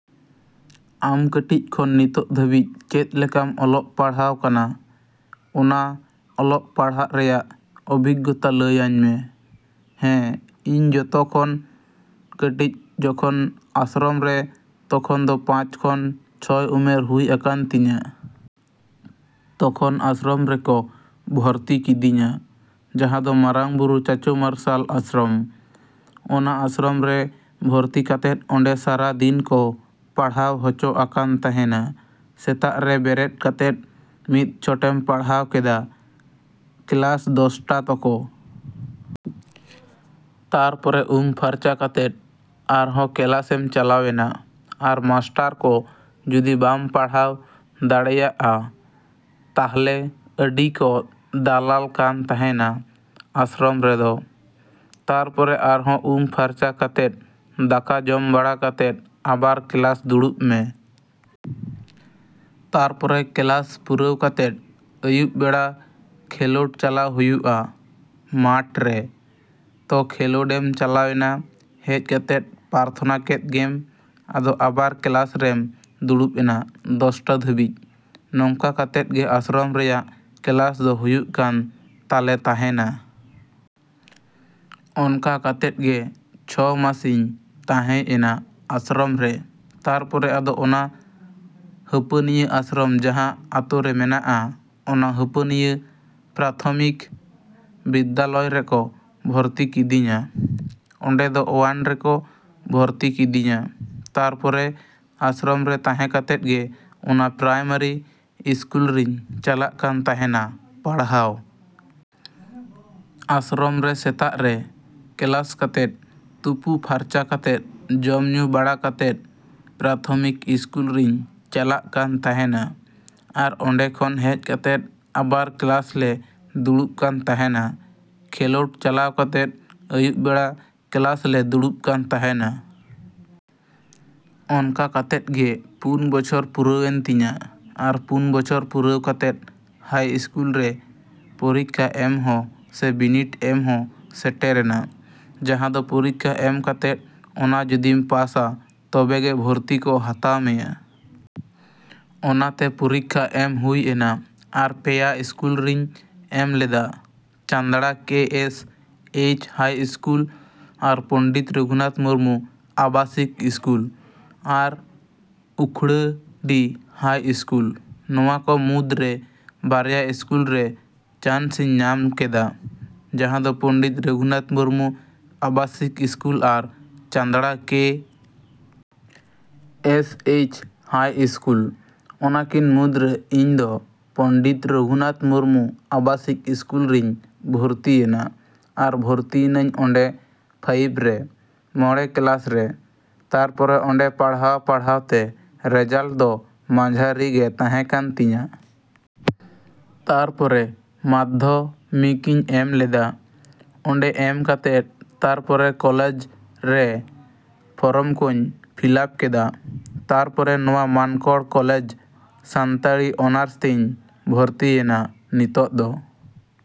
‎ᱟᱢ ᱠᱟᱹᱴᱤᱡ ᱠᱷᱚᱱ ᱱᱤᱛᱚᱜ ᱫᱷᱟᱹᱵᱤᱡ ᱪᱮᱫ ᱞᱮᱠᱟᱢ ᱚᱞᱚᱜ ᱯᱟᱲᱦᱟᱣ ᱠᱟᱱᱟ? ᱚᱱᱟ ᱚᱞᱚᱜ ᱯᱟᱲᱦᱟᱜ ᱨᱮᱭᱟᱜ ᱚᱵᱷᱤᱜᱽᱜᱚᱛᱟ ᱞᱟᱹᱭᱟᱹᱧ ᱢᱮ᱾ ᱦᱮᱸ, ᱤᱧ ᱡᱚᱛᱚ ᱠᱷᱚᱱ ᱠᱟᱹᱴᱤᱡ ᱡᱚᱠᱷᱚᱱ ᱟᱥᱨᱚᱢ ᱨᱮ, ᱛᱚᱠᱷᱚᱱ ᱫᱚ ᱯᱟᱸᱪ ᱠᱷᱚᱱ ᱪᱷᱚᱭ ᱩᱢᱮᱨ ᱦᱩᱭ ᱟᱠᱟᱱ ᱛᱤᱧᱟ᱾ ᱛᱚᱠᱷᱚᱱ ᱟᱥᱨᱚᱢ ᱨᱮᱠᱚ ᱵᱷᱚᱨᱛᱤ ᱠᱤᱫᱤᱧᱟ, ᱡᱟᱦᱟᱸ ᱫᱚ ᱢᱟᱨᱟᱝᱵᱩᱨᱩ ᱪᱟᱪᱳ ᱢᱟᱨᱥᱟᱞ ᱟᱥᱨᱚᱢ᱾ ᱚᱱᱟ ᱟᱥᱨᱚᱢ ᱨᱮ ᱵᱷᱚᱨᱛᱤ ᱠᱟᱛᱮᱫ ᱚᱸᱰᱮ ᱥᱟᱨᱟ ᱫᱤᱱ ᱠᱚ ᱯᱟᱲᱦᱟᱣ ᱦᱚᱪᱚ ᱟᱠᱟᱱ ᱛᱟᱦᱮᱱᱟ᱾ ᱥᱮᱛᱟᱜ ᱨᱮ ᱵᱮᱨᱮᱫ ᱠᱟᱛᱮᱫ ᱢᱤᱫ ᱪᱷᱚᱴᱮᱢ ᱯᱟᱲᱦᱟᱣ ᱠᱮᱫᱟ, ᱠᱞᱟᱥ ᱫᱚᱥᱴᱟ ᱛᱚᱠᱚ᱾ ᱛᱟᱨᱯᱚᱨᱮ ᱩᱢ ᱯᱷᱟᱨᱪᱟ ᱠᱟᱛᱮᱫ ᱟᱨᱦᱚᱸ ᱠᱞᱟᱥᱮᱢ ᱪᱟᱞᱟᱣᱮᱱᱟ᱾ ᱟᱨ ᱢᱟᱥᱴᱟᱨ ᱠᱚ ᱡᱩᱫᱤ ᱵᱟᱢ ᱯᱟᱲᱦᱟᱣ ᱫᱟᱲᱮᱭᱟᱜᱼᱟ, ᱛᱟᱦᱞᱮ ᱟᱹᱰᱤ ᱠᱚ ᱫᱟᱞᱟᱞ ᱠᱟᱱ ᱛᱟᱦᱮᱱᱟ ᱟᱥᱨᱚᱢ ᱨᱮᱫᱚ᱾ ᱛᱟᱨᱯᱚᱨᱮ ᱟᱨᱦᱚᱸ ᱩᱢ ᱯᱷᱟᱨᱪᱟ ᱠᱟᱛᱮᱫ, ᱫᱟᱠᱟ ᱡᱚᱢ ᱵᱟᱲᱟ ᱠᱟᱛᱮᱫ ᱟᱵᱟᱨ ᱠᱞᱟᱥ ᱫᱩᱲᱩᱵ ᱢᱮ᱾ ᱛᱟᱨᱯᱚᱨᱮ ᱠᱞᱟᱥ ᱯᱩᱨᱟᱹᱣ ᱠᱟᱛᱮᱫ ᱟᱹᱭᱩᱵ ᱵᱮᱲᱟ ᱠᱷᱮᱞᱳᱰ ᱪᱟᱞᱟᱣ ᱦᱩᱭᱩᱜᱼᱟ ᱢᱟᱴᱷᱨᱮ᱾ ᱛᱚ ᱠᱷᱮᱞᱳᱰᱮᱢ ᱪᱟᱞᱟᱣᱮᱱᱟ, ᱦᱮᱡ ᱠᱟᱛᱮᱫ ᱯᱟᱨᱛᱷᱚᱱᱟ ᱠᱮᱫ ᱜᱮᱢ᱾ ᱟᱫᱚ ᱟᱵᱟᱨ ᱠᱞᱟᱥ ᱨᱮᱢ ᱫᱩᱲᱩᱵ ᱮᱱᱟ ᱫᱚᱥᱴᱟ ᱫᱷᱟ.ᱨᱤᱡ᱾ ᱱᱚᱝᱠᱟ ᱠᱟᱛᱮᱫ ᱜᱮ ᱟᱥᱨᱚᱢ ᱨᱮᱭᱟᱜ ᱠᱞᱟᱥ ᱫᱚ ᱦᱩᱭᱩᱜ ᱠᱟᱱ ᱛᱟᱞᱮ ᱛᱟᱦᱮᱱᱟ᱾ ᱚᱱᱠᱟ ᱠᱟᱛᱮᱫ ᱜᱮ ᱪᱷᱚ ᱢᱟᱥᱤᱧ ᱛᱟᱦᱮᱸᱭ ᱮᱱᱟ ᱟᱥᱨᱚᱢ ᱨᱮ᱾ ᱛᱟᱨᱯᱚᱨᱮ ᱟᱫᱚ ᱚᱱᱟ ᱦᱟᱹᱯᱟᱹᱱᱤᱭᱟᱹ ᱟᱥᱨᱚᱢ ᱡᱟᱦᱟᱸ ᱟᱛᱳ ᱨᱮ ᱢᱮᱱᱟᱜᱼᱟ, ᱚᱱᱟ ᱦᱟᱹᱯᱟᱹᱱᱤᱭᱟᱹ ᱯᱨᱟᱛᱷᱚᱢᱤᱠ ᱵᱤᱫᱽᱫᱟᱞᱚᱭ ᱨᱮᱠᱚ ᱵᱷᱚᱨᱛᱤ ᱠᱤᱫᱤᱧᱟ᱾ ᱚᱸᱰᱮ ᱫᱚ ᱚᱣᱟᱱ ᱨᱮᱠᱚ ᱵᱷᱚᱨᱛᱤ ᱠᱤᱫᱤᱧᱟ᱾ ᱛᱟᱨᱯᱚᱨᱮ ᱟᱥᱨᱚᱢ ᱨᱮ ᱛᱟᱦᱮᱸ ᱠᱟᱛᱮᱫ ᱜᱮ ᱚᱱᱟ ᱯᱨᱟᱭᱢᱟᱨᱤ ᱥᱠᱩᱞ ᱨᱤᱧ ᱪᱟᱞᱟᱜ ᱠᱟᱱ ᱛᱟᱦᱮᱱᱟ ᱯᱟᱲᱦᱟᱣ᱾ ᱟᱥᱨᱚᱢ ᱨᱮ ᱥᱮᱛᱟᱜ ᱨᱮ ᱠᱞᱟᱥ ᱠᱟᱛᱮᱫ, ᱛᱩᱯᱩ ᱯᱷᱟᱨᱪᱟ ᱠᱟᱛᱮᱫ, ᱡᱚᱢ ᱧᱩ ᱵᱟᱲᱟ ᱠᱟᱛᱮᱫ ᱯᱨᱟᱛᱷᱚᱢᱤᱠ ᱤᱥᱠᱩᱞ ᱨᱤᱧ ᱪᱟᱞᱟᱜ ᱠᱟᱱ ᱛᱟᱦᱮᱱᱟ᱾ ᱟᱨ ᱚᱸᱰᱮ ᱠᱷᱚᱱ ᱦᱮᱡ ᱠᱟᱛᱮᱫ ᱟᱵᱟᱨ ᱠᱞᱟᱥ ᱞᱮ ᱫᱩᱲᱩᱵ ᱠᱟᱱ ᱛᱟᱦᱮᱱᱟ᱾ ᱠᱷᱮᱞᱳᱰ ᱪᱟᱞᱟᱣ ᱠᱟᱛᱮᱫ ᱟᱹᱭᱩᱵ ᱵᱮᱲᱟ ᱠᱞᱟᱥ ᱞᱮ ᱫᱩᱲᱩᱵ ᱠᱟᱱ ᱛᱟᱦᱮᱱᱟ᱾ ᱚᱱᱠᱟ ᱠᱟᱛᱮᱫ ᱜᱮ ᱯᱩᱱ ᱵᱚᱪᱷᱚᱨ ᱯᱩᱨᱟᱹᱣᱮᱱ ᱛᱤᱧᱟ᱾ ᱟᱨ ᱯᱩᱱ ᱵᱚᱪᱷᱚᱨ ᱯᱩᱨᱟᱹᱣ ᱠᱟᱛᱮᱫ ᱦᱟᱭ ᱤᱥᱠᱩᱞ ᱨᱮ ᱯᱚᱨᱤᱠᱠᱷᱟ ᱮᱢ ᱦᱚᱸ ᱥᱮ ᱵᱤᱱᱤᱰ ᱮᱢ ᱦᱚᱸ ᱥᱮᱴᱮᱨᱮᱱᱟ, ᱡᱟᱦᱟᱸ ᱫᱚ ᱯᱚᱨᱤᱠᱠᱷᱟ ᱮᱢ ᱠᱟᱛᱮᱫ ᱚᱱᱟ ᱡᱩᱫᱤᱢ ᱯᱟᱥᱟ ᱛᱚᱵᱮ ᱜᱮ ᱵᱷᱚᱨᱛᱤ ᱠᱚ ᱦᱟᱛᱟᱣ ᱢᱮᱭᱟ, ᱾ ᱚᱱᱟᱛᱮ ᱯᱚᱨᱤᱠᱠᱷᱟ ᱮᱢ ᱦᱩᱭ ᱮᱱᱟ᱾ ᱟᱨ ᱯᱮᱭᱟ ᱤᱥᱠᱩᱞ ᱨᱤᱧ ᱮᱢ ᱞᱮᱫᱟ Chandra K. S. H. High school, ᱟᱨ ᱯᱚᱱᱰᱤᱛ ᱨᱩᱜᱷᱩᱱᱟᱛᱷ ᱢᱩᱨᱢᱩ ᱟᱵᱟᱥᱤᱠ ᱤᱥᱠᱩᱞ, ᱟᱨ ᱩᱠᱷᱲᱟᱹᱰᱤ ᱦᱟᱭ ᱤᱥᱠᱩᱞ᱾ ᱱᱚᱣᱟ ᱠᱚ ᱢᱩᱫᱽᱨᱮ ᱵᱟᱨᱭᱟ ᱤᱥᱠᱩᱞ ᱨᱮ ᱪᱟᱱᱥᱤᱧ ᱧᱟᱢ ᱠᱮᱫᱟ, ᱡᱟᱦᱟᱸ ᱫᱚ ᱯᱚᱱᱰᱤᱛ ᱨᱚᱜᱷᱩᱱᱟᱛᱷ ᱢᱩᱨᱢᱩ ᱟᱵᱟᱥᱤᱠ ᱤᱥᱠᱩᱞ ᱟᱨ Chandra K. S. H. High school. ᱚᱱᱟ ᱠᱤᱱ ᱢᱩᱫᱽᱨᱮ ᱤᱧ ᱫᱚ ᱯᱚᱱᱰᱤᱛ ᱨᱩᱜᱷᱩᱱᱟᱛᱷ ᱢᱩᱨᱢᱩ ᱟᱵᱟᱥᱤᱠ ᱤᱥᱠᱩᱞ ᱨᱤᱧ ᱵᱷᱚᱨᱛᱤᱭᱮᱱᱟ᱾ ᱟᱨ ᱵᱷᱚᱨᱛᱤᱭᱮᱱᱟᱹᱧ ᱚᱸᱰᱮ ᱯᱷᱟᱭᱤᱵᱷ ᱨᱮ, ᱢᱚᱬᱮ ᱠᱞᱟᱥ ᱨᱮ᱾ ᱛᱟᱨᱯᱚᱨᱮ ᱚᱸᱰᱮ ᱯᱟᱲᱦᱟᱣᱼᱯᱟᱲᱦᱟᱣᱛᱮ ᱨᱮᱡᱟᱞᱴ ᱫᱚ ᱢᱟᱡᱷᱟᱨᱤ ᱜᱮ ᱛᱟᱦᱮᱸ ᱠᱟᱱ ᱛᱤᱧᱟ᱾ ᱛᱟᱨᱯᱚᱨᱮ ᱢᱟᱫᱽᱫᱷᱚ ᱢᱤᱠᱤᱧ ᱮᱢ ᱞᱮᱫᱟ᱾ ᱚᱸᱰᱮ ᱮᱢ ᱠᱟᱛᱮᱫ ᱛᱟᱨᱯᱚᱨᱮ ᱠᱚᱞᱮᱡᱽ ᱨᱮ ᱯᱷᱚᱨᱚᱢ ᱠᱚᱧ ᱯᱷᱤᱞᱟᱯ ᱠᱮᱫᱟ᱾ ᱛᱟᱨᱯᱚᱨᱮ ᱱᱚᱣᱟ ᱢᱟᱱᱠᱚᱲ ᱠᱚᱞᱮᱡᱽ ᱥᱟᱱᱛᱟᱲᱤ ᱚᱱᱟᱨᱥ ᱛᱤᱧ ᱵᱷᱚᱨᱛᱤᱭᱮᱱᱟ ᱱᱤᱛᱚᱜ ᱫᱚ᱾